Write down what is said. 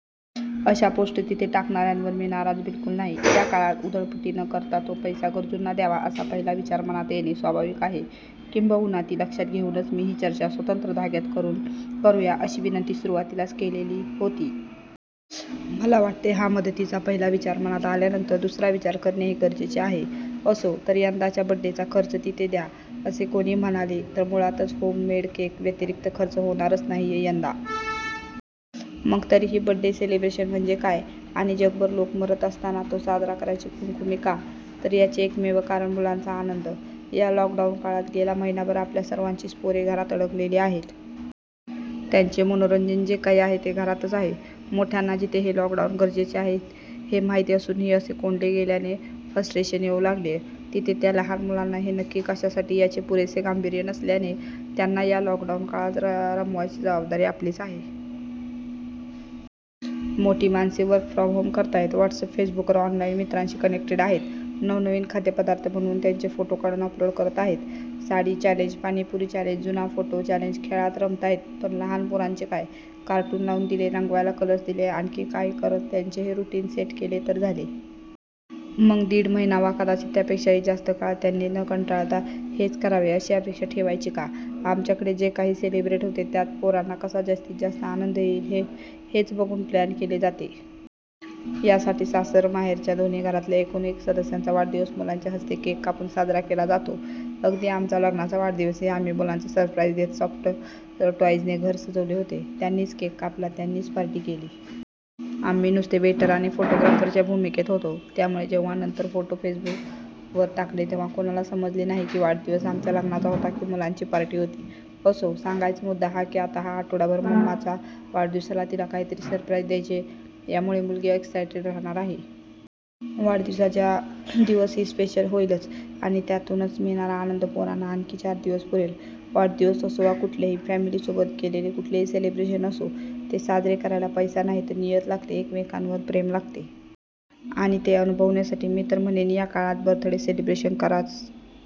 अश्या पोस्ट तिथे टाकणारयांवर मी नाराज बिलकुल नाही. या काळात उधळपट्टी न करता तो पैसा गरजूंना द्यावा असा पहिला विचार मनात येणे स्वाभाविक आहे. किंबहुना ती लक्षात घेऊनच मी ही चर्चा स्वतंत्र धाग्यात करूया अशी विनंती सुरुवातीलाच केली होती. पण मला वाटते हा मदतीचा पहिला विचार मनात आल्यानंतर दुसरा विचार करणेही गरजेचे आहे. असो, तर यंदाचा बड्डेचा खर्च तिथे द्या असे कोणी म्हणाले तर मुळातच होममेड केक व्यतीरीक्त खर्च होणारच नाहीये यंदा. मग तरीही बड्डे सेलिब्रेशन म्हणजे काय? आणि जगभर लोकं मरत असताना तो साजरा करायची खुमखुमी का?? तर याचे एकमेव कारण मुलांचा आनंद. या लॉकडाऊन काळात गेला महिनाभर आपल्या सर्वांचीच पोरे घरात अडकली आहेत. त्यांचे मनोरंजन जे काही आहे ते घरातच आहे. मोठ्यांना जिथे हे लॉकडाऊन गरजेचे आहे हे माहीत असूनही असे कोंडले गेल्याने फ्रस्टेशन येऊ लागलेय तिथे ज्या लहान मुलांना हे नक्की कश्यासाठी याचे पुरेसे गांभीर्य नसल्याने त्यांना या लॉकडाऊन काळात रमवायची जबाबदारी आपलीच आहे. मोठी माणसे वर्क फ्रॉम करताहेत. व्हॉट्सप फेसबूकवर ऑनलाईन मित्रांशी कनेक्टेड आहेत. नवनवीन खाद्यपदार्थ बनवून त्यांचे फोटो काढून अपलोड करताहेत, साडी चॅलेंज, पाणीपुरी चॅलेंज, जुना फोटो चॅलेंज खेळात रमताहेतपण लहान पोरांचे काय?? कार्टून लाऊन दिले, रंगवायला कलर्स दिले आणखी काही करत त्यांचेही रुटीन सेट केले तर झाले? मग दिड महिना वा कदाचित त्यापेक्षाही जास्त काळ त्यांनी न कंटाळता हेच करावे अशी अपेक्षा ठेवायची का? आमच्याकडे जे काही सेलिब्रेट होते त्यात पोरांना कसा जास्तीत जास्त आनंद येईल हेच बघून प्लान केले जाते. याचसाठी सासरमाहेरच्या दोन्ही घरातल्या एकूण एक सदस्यांचा वाढदिवस मुलांच्या हस्ते केक कापून साजरा केला जातो. अगदी आमचा लग्नाचा वाढदिवसही आम्ही मुलांना सरप्राईज देत सॉफ्ट टॉईजने घर सजवले होते. त्यांनीच केक कापला त्यांनीच पार्टी केली. आम्ही नुसते वेटर आणि फोटोग्राफरच्या भुमिकेत होतो. त्यामुळे जेव्हा नंतर फोटो फेसबूलवर टाकले तेव्हा कोणाला समजले नाही की वाढदिवस आमच्य लग्नाचा होता की मुलांची पार्टी होती. असो, सांगायचा मुद्दा हा की आता हा आठवडाभर मम्माच्या वाढदिवसाला तिला काहीतरी सरप्राईज द्यायचे यामुळे मुलगी एक्सायटेड राहणार आहे. वाढदिवसाचा दिवसही स्पेशल होईलच. आणि त्यातून मिळणारा आनंद पोरांना आणखी चार दिवस पुरेल. वाढदिवस असो वा कुठलेही फॅमिलीसोबत केलेले कुठलेही सेलिब्रेशन असो, ते साजरे करायला पैसा नाही तर नियत लागते, एकमेकांवर प्रेम लागते. आणि ते अनुभवण्यासाठी मी तर म्हणेन या काळात बर्थडे सेलिब्रेशन कराजसं